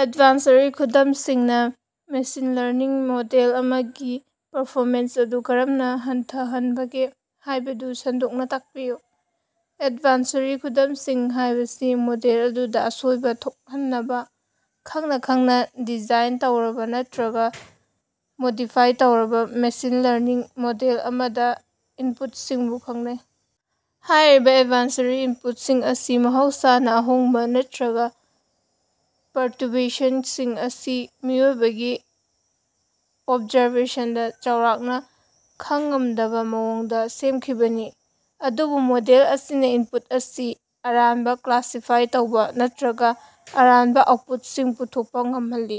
ꯑꯦꯗꯚꯥꯟꯁꯔꯤ ꯈꯨꯗꯝꯁꯤꯡꯅ machine learning model ꯑꯃꯒꯤ performance ꯑꯗꯨ ꯀꯔꯝꯅ ꯍꯟꯊꯍꯟꯕꯒꯦ ꯍꯥꯏꯕꯗꯨ ꯁꯟꯗꯣꯛꯅ ꯇꯥꯛꯄꯤꯌꯨ꯫ ꯑꯦꯗꯚꯥꯟꯁꯔꯤ ꯈꯨꯗꯝꯁꯤꯡ ꯍꯥꯏꯕꯁꯤ ꯃꯣꯗꯦꯜ ꯑꯗꯨꯗ ꯑꯁꯣꯏꯕ ꯊꯣꯛꯍꯟꯅꯕ ꯈꯪꯅ ꯈꯪꯅ ꯗꯤꯖꯥꯏꯟ ꯇꯧꯔꯕ ꯅꯠꯇ꯭ꯔꯒ ꯃꯣꯗꯤꯐꯥꯏ ꯇꯧꯔꯕ ꯃꯦꯁꯤꯟ ꯂꯔꯅꯤꯡ ꯃꯣꯗꯦꯜ ꯑꯃꯗ ꯏꯟꯄꯨꯠꯁꯤꯡꯕꯨ ꯈꯪꯅꯩ꯫ ꯍꯥꯏꯔꯤꯕ ꯑꯦꯗꯚꯥꯟꯁꯔꯤ ꯏꯟꯄꯨꯠꯁꯤꯡ ꯑꯁꯤ ꯃꯍꯧꯁꯥꯅ ꯑꯍꯣꯡꯕ ꯅꯠꯇ꯭ꯔꯒ ꯄꯔꯇꯨꯔꯕꯦꯁꯟꯁꯤꯡ ꯑꯁꯤ ꯃꯤꯑꯣꯏꯕꯒꯤ ꯑꯣꯕꯖꯥꯔꯕꯦꯁꯟꯗ ꯆꯥꯎꯔꯥꯛꯅ ꯈꯡ ꯉꯝꯗꯕ ꯃꯑꯣꯡꯗ ꯁꯦꯝꯈꯤꯕꯅꯤ, ꯑꯗꯨꯕꯨ ꯃꯣꯗꯦꯜ ꯑꯁꯤꯅ ꯏꯟꯄꯨꯠ ꯑꯁꯤ ꯑꯔꯥꯟꯕ ꯀ꯭ꯂꯥꯁꯤꯐꯥꯏ ꯇꯧꯕ ꯅꯠꯇ꯭ꯔꯒ ꯑꯔꯥꯟꯕ ꯑꯥꯎꯠꯄꯨꯠꯁꯤꯡ ꯄꯨꯊꯣꯛꯄ ꯉꯝꯍꯜꯂꯤ꯫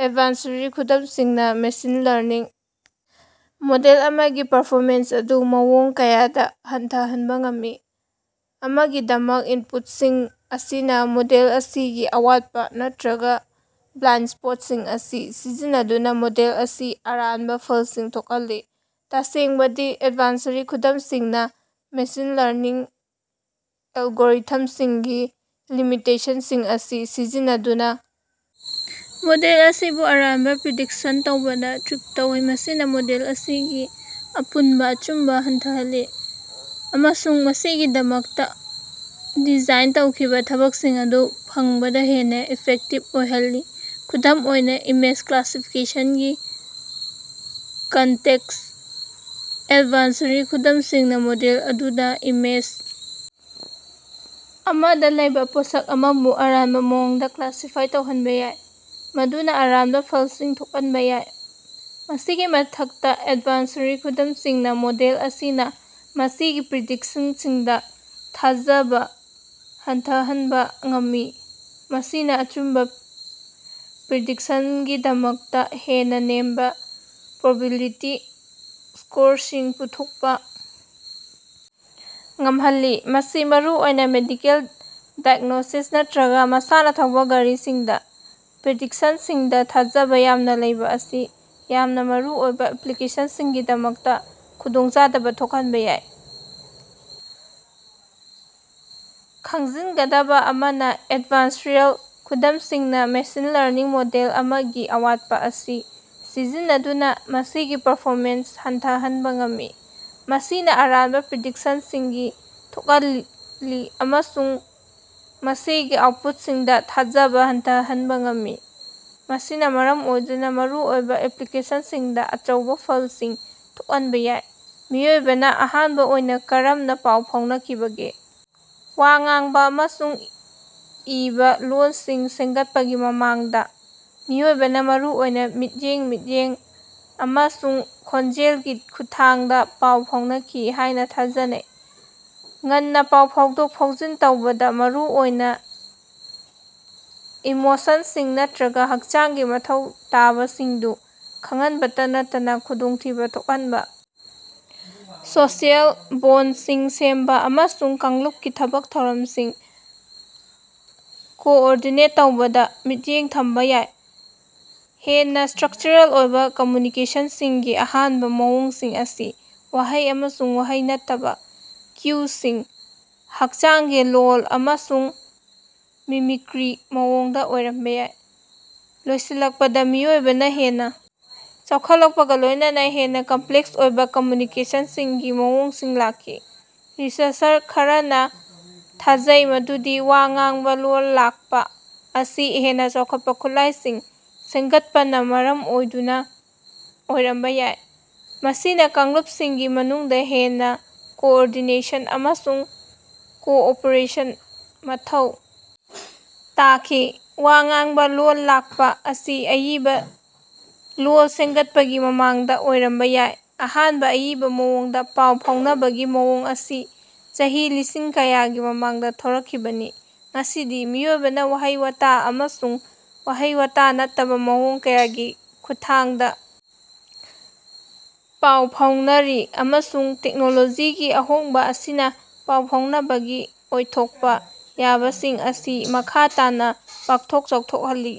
ꯑꯦꯗꯚꯥꯟꯁꯔꯤ ꯈꯨꯗꯝꯁꯤꯡꯅ ꯃꯦꯁꯤꯟ ꯂꯔꯅꯤꯡ ꯃꯣꯗꯦꯜ ꯑꯃꯒꯤ ꯄꯔꯐꯣꯃꯦꯟꯁ ꯑꯗꯨ ꯃꯑꯣꯡ ꯀꯌꯥꯗ ꯍꯟꯊꯍꯟꯕ ꯉꯝꯃꯤ꯫ ꯑꯃꯒꯤꯗꯃꯛ, ꯏꯟꯄꯨꯠꯁꯤꯡ ꯑꯁꯤꯅ ꯃꯣꯗꯦꯜ ꯑꯁꯤꯒꯤ ꯑꯋꯥꯠꯄ ꯅꯠꯇ꯭ꯔꯒ ꯕ꯭ꯂꯥꯏꯟꯗ ꯁ꯭ꯄꯣꯠꯁꯤꯡ ꯑꯁꯤ ꯁꯤꯖꯤꯟꯅꯗꯨꯅ ꯃꯣꯗꯦꯜ ꯑꯁꯤꯅ ꯑꯔꯥꯟꯕ ꯐꯜꯁꯤꯡ ꯊꯣꯛꯍꯜꯂꯤ꯫ ꯇꯁꯦꯡꯕꯗꯤ, ꯑꯦꯗꯚꯥꯟꯁꯔꯤ ꯈꯨꯗꯝꯁꯤꯡꯅ ꯃꯦꯁꯤꯟ ꯂꯔꯅꯤꯡ ꯑꯦꯜꯒꯣꯔꯤꯊꯝꯁꯤꯡꯒꯤ ꯂꯤꯃꯤꯇꯦꯁꯟꯁꯤꯡ ꯑꯁꯤ ꯁꯤꯖꯤꯟꯅꯗꯨꯅ ꯃꯣꯗꯦꯜ ꯑꯁꯤꯕꯨ ꯑꯔꯥꯟꯕ ꯄ꯭ꯔꯤꯗꯤꯛꯁꯟ ꯇꯧꯕꯗ "ꯇ꯭ꯔꯤꯛ" ꯇꯧꯏ꯫ ꯃꯁꯤꯅ ꯃꯣꯗꯦꯜ ꯑꯁꯤꯒꯤ ꯑꯄꯨꯟꯕ ꯑꯆꯨꯝꯕ ꯍꯟꯊꯍꯜꯂꯤ ꯑꯃꯁꯨꯡ ꯃꯁꯤꯒꯤꯗꯃꯛꯇ ꯗꯤꯖꯥꯏꯟ ꯇꯧꯈꯤꯕ ꯊꯕꯛꯁꯤꯡ ꯑꯗꯨ ꯐꯪꯕꯗ ꯍꯦꯟꯅ ꯏꯐꯦꯛꯇꯤꯕ ꯑꯣꯏꯍꯜꯂꯤ꯫ ꯈꯨꯗꯝ ꯑꯣꯏꯅ, ꯏꯃꯦꯖ ꯀ꯭ꯂꯥꯁꯤꯐꯤꯀꯦꯁꯟꯒꯤ ꯀꯟꯇꯦꯛꯁ, ꯑꯦꯗꯚꯥꯟꯁꯔꯤ ꯈꯨꯗꯝꯁꯤꯡꯅ ꯃꯣꯗꯦꯜ ꯑꯗꯨꯅ ꯏꯃꯦꯖ ꯑꯃꯗ ꯂꯩꯕ ꯄꯣꯠꯁꯛ ꯑꯃꯕꯨ ꯑꯔꯥꯟꯕ ꯃꯑꯣꯡꯗ ꯀ꯭ꯂꯥꯁꯤꯐꯥꯏ ꯇꯧꯍꯟꯕ ꯌꯥꯏ, ꯃꯗꯨꯅ ꯑꯔꯥꯟꯕ ꯐꯜꯁꯤꯡ ꯊꯣꯛꯍꯟꯕ ꯌꯥꯏ꯫ ꯃꯁꯤꯒꯤ ꯃꯊꯛꯇ, ꯑꯦꯗꯚꯥꯟꯁꯔꯤ ꯈꯨꯗꯝꯁꯤꯡꯅ ꯃꯣꯗꯦꯜ ꯑꯁꯤꯅ ꯃꯁꯤꯒꯤ ꯄ꯭ꯔꯤꯗꯤꯛꯁꯅꯁꯤꯡꯗꯥ ꯊꯥꯖꯕꯥ ꯍꯟꯊꯍꯅꯕꯥ ꯉꯝꯃꯤ, ꯃꯁꯤꯅ ꯑꯆꯨꯝꯕ ꯄ꯭ꯔꯤꯗꯤꯛꯁꯟꯒꯤꯗꯃꯛꯇ ꯍꯦꯟꯅ ꯅꯦꯝꯕ ꯄ꯭ꯔꯣꯕꯤꯕꯤꯂꯤꯇꯤ ꯁ꯭ꯀꯣꯔꯁꯤꯡ ꯄꯨꯊꯣꯛꯄ ꯉꯝꯍꯜꯂꯤ꯫ ꯃꯁꯤ ꯃꯔꯨꯑꯣꯏꯅ ꯃꯦꯗꯤꯀꯦꯜ ꯗꯥꯏꯒ꯭ꯅꯣꯁꯤꯁ ꯅꯠꯇ꯭ꯔꯒ ꯃꯁꯥꯅ ꯊꯧꯕ ꯒꯥꯔꯤꯁꯤꯡꯗ ꯄ꯭ꯔꯤꯗꯤꯛꯁꯟꯁꯤꯡꯗ ꯊꯥꯖꯕ ꯌꯥꯝꯅ ꯂꯩꯕ ꯑꯁꯤ ꯌꯥꯝꯅ ꯃꯔꯨꯑꯣꯏꯕ ꯑꯦꯄ꯭ꯂꯤꯀꯦꯁꯟꯁꯤꯡꯒꯤꯗꯃꯛꯇ ꯈꯨꯗꯣꯡꯆꯥꯗꯕ ꯊꯣꯛꯍꯟꯕ ꯌꯥꯏ꯫ ꯈꯪꯖꯤꯟꯒꯗꯕ ꯑꯃꯅ, ꯑꯦꯗꯚꯥꯟꯁꯔꯤꯌꯜ ꯈꯨꯗꯝꯁꯤꯡꯅ ꯃꯦꯁꯤꯟ ꯂꯔꯅꯤꯡ ꯃꯣꯗꯦꯜ ꯑꯃꯒꯤ ꯑꯋꯥꯠꯄ ꯑꯁꯤ ꯁꯤꯖꯤꯟꯅꯗꯨꯅ ꯃꯁꯤꯒꯤ ꯄꯔꯐꯣꯃꯦꯟꯁ ꯍꯟꯊꯍꯟꯕ ꯉꯝꯃꯤ, ꯃꯁꯤꯅ ꯑꯔꯥꯟꯕ ꯄ꯭ꯔꯤꯗꯤꯛꯁꯟꯁꯤꯡ ꯊꯣꯛꯍꯜꯂꯤ ꯑꯃꯁꯨꯡ ꯃꯁꯤꯒꯤ ꯑꯥꯎꯠꯄꯨꯠꯁꯤꯡꯗ ꯊꯥꯖꯕ ꯍꯟꯊꯍꯟꯕ ꯉꯝꯃꯤ, ꯃꯁꯤꯅ ꯃꯔꯝ ꯑꯣꯏꯗꯨꯅ ꯃꯔꯨ ꯑꯣꯏꯕ ꯑꯦꯄ꯭ꯂꯤꯀꯦꯁꯟꯁꯤꯡꯗ ꯑꯆꯧꯕ ꯐꯜꯁꯤꯡ ꯊꯣꯛꯍꯟꯕ ꯌꯥꯏ꯫ ꯃꯤꯑꯣꯏꯕꯅ ꯑꯍꯥꯟꯕ ꯑꯣꯏꯅ ꯀꯔꯝꯅ ꯄꯥꯎ ꯐꯥꯎꯅꯈꯤꯕꯒꯦ? ꯋꯥ ꯉꯥꯡꯕ ꯑꯃꯁꯨꯡ ꯏꯕ ꯂꯣꯜꯁꯤꯡ ꯁꯦꯝꯒꯠꯄꯒꯤ ꯃꯃꯥꯡꯗ ꯃꯤꯑꯣꯏꯕꯅ ꯃꯔꯨ ꯑꯣꯏꯅ ꯃꯤꯠꯌꯦꯡ, ꯃꯤꯠꯌꯦꯡ ꯑꯃꯁꯨꯡ ꯈꯣꯟꯖꯦꯜꯒꯤ ꯈꯨꯠꯊꯥꯡꯗ ꯄꯥꯎ ꯐꯥꯎꯅꯈꯤ ꯍꯥꯏꯅ ꯊꯥꯖꯅꯩ꯫ ꯉꯟꯅ ꯄꯥꯎ ꯐꯥꯎꯗꯣꯛ-ꯐꯥꯎꯖꯤꯟ ꯇꯧꯕꯗ ꯃꯔꯨꯑꯣꯏꯅ ꯏꯃꯣꯁꯟꯁꯤꯡ ꯅꯠꯇ꯭ꯔꯒ ꯍꯛꯆꯥꯡꯒꯤ ꯃꯊꯧ ꯇꯥꯕꯁꯤꯡꯗꯨ ꯈꯪꯍꯟꯕꯇ ꯅꯠꯇꯅ ꯈꯨꯗꯣꯡꯊꯤꯕ ꯊꯣꯛꯍꯟꯕ, ꯁꯣꯁꯤꯑꯦꯜ ꯕꯣꯟꯗꯁꯤꯡ ꯁꯦꯝꯕ, ꯑꯃꯁꯨꯡ ꯀꯥꯡꯂꯨꯞꯀꯤ ꯊꯕꯛ-ꯊꯧꯔꯝꯁꯤꯡ ꯀꯣꯑꯣꯔꯗꯤꯅꯦꯠ ꯇꯧꯕꯗ ꯃꯤꯠꯌꯦꯡ ꯊꯝꯕ ꯌꯥꯏ꯫ ꯍꯦꯟꯅ ꯁ꯭ꯇꯔꯛꯆꯔꯦꯜ ꯑꯣꯏꯕ ꯀꯝꯃ꯭ꯌꯨꯅꯤꯀꯦꯁꯟꯒꯤ ꯑꯍꯥꯟꯕ ꯃꯑꯣꯡꯁꯤꯡ ꯑꯁꯤ ꯋꯥꯍꯩ ꯑꯃꯁꯨꯡ ꯋꯥꯍꯩ ꯅꯠꯇꯕ ꯀ꯭ꯌꯨꯁꯤꯡ, ꯍꯛꯆꯥꯡꯒꯤ ꯂꯣꯜ ꯑꯃꯁꯨꯡ ꯃꯤꯃꯤꯀ꯭ꯔꯤꯒꯤ ꯃꯑꯣꯡꯗ ꯑꯣꯏꯔꯝꯕ ꯌꯥꯏ꯫ ꯂꯣꯏꯁꯤꯜꯂꯛꯄꯗ ꯃꯤꯑꯣꯏꯕꯅ ꯍꯦꯟꯅ ꯆꯥꯎꯈꯠꯂꯛꯄꯒ ꯂꯣꯏꯅꯅ ꯍꯦꯟꯅ ꯀꯝꯄ꯭ꯂꯦꯛꯁ ꯑꯣꯏꯕ ꯀꯝꯃ꯭ꯌꯨꯅꯤꯀꯦꯁꯟꯒꯤ ꯃꯑꯣꯡꯁꯤꯡ ꯂꯥꯛꯈꯤ꯫ ꯔꯤꯁꯔꯆꯔ ꯈꯔꯅ ꯊꯥꯖꯩ ꯃꯗꯨꯗꯤ ꯋꯥ ꯉꯥꯡꯕ ꯂꯣꯜ ꯂꯥꯛꯄ ꯑꯁꯤ ꯍꯦꯟꯅ ꯆꯥꯎꯈꯠꯄ ꯈꯨꯠꯂꯥꯏꯁꯤꯡ ꯁꯦꯝꯒꯠꯄꯅ ꯃꯔꯝ ꯑꯣꯏꯗꯨꯅ ꯑꯣꯏꯔꯝꯕ ꯌꯥꯏ, ꯃꯁꯤꯅ ꯀꯥꯡꯂꯨꯞꯁꯤꯡꯒꯤ ꯃꯅꯨꯡꯗ ꯍꯦꯟꯅ ꯀꯣꯑꯣꯔꯗꯤꯅꯦꯁꯟ ꯑꯃꯁꯨꯡ ꯀꯣꯑꯣꯄꯔꯦꯁꯟ ꯃꯊꯧ ꯇꯥꯈꯤ꯫ ꯋꯥ ꯉꯥꯡꯕ ꯂꯣꯜ ꯂꯥꯛꯄ ꯑꯁꯤ ꯑꯏꯕ ꯂꯣꯜ ꯁꯦꯝꯒꯠꯄꯒꯤ ꯃꯃꯥꯡꯗ ꯑꯣꯏꯔꯝꯕ ꯌꯥꯏ, ꯑꯍꯥꯟꯕ ꯑꯏꯕ ꯃꯑꯣꯡꯗ ꯄꯥꯎ ꯐꯥꯎꯅꯕꯒꯤ ꯃꯑꯣꯡ ꯑꯁꯤ ꯆꯍꯤ ꯂꯤꯁꯤꯡ ꯀꯌꯥꯒꯤ ꯃꯃꯥꯡꯗ ꯊꯣꯔꯛꯈꯤꯕꯅꯤ꯫ ꯉꯁꯤꯗꯤ ꯃꯤꯑꯣꯏꯕꯅ ꯋꯥꯍꯩ-ꯋꯥꯇꯥ ꯑꯃꯁꯨꯡ ꯋꯥꯍꯩ-ꯋꯥꯇꯥ ꯅꯠꯇꯕ ꯃꯑꯣꯡ ꯀꯌꯥꯒꯤ ꯈꯨꯠꯊꯥꯡꯗ ꯄꯥꯎ ꯐꯥꯎꯅꯔꯤ, ꯑꯃꯁꯨꯡ ꯇꯦꯛꯅꯣꯂꯣꯖꯤꯒꯤ ꯑꯍꯣꯡꯕ ꯑꯁꯤꯅ ꯄꯥꯎ ꯐꯥꯎꯅꯕꯒꯤ ꯑꯣꯏꯊꯣꯛꯄ ꯌꯥꯕꯁꯤꯡ ꯑꯁꯤ ꯃꯈꯥ ꯇꯥꯅ ꯄꯥꯛꯊꯣꯛ-ꯆꯥꯎꯊꯣꯛꯍꯜꯂꯤ꯫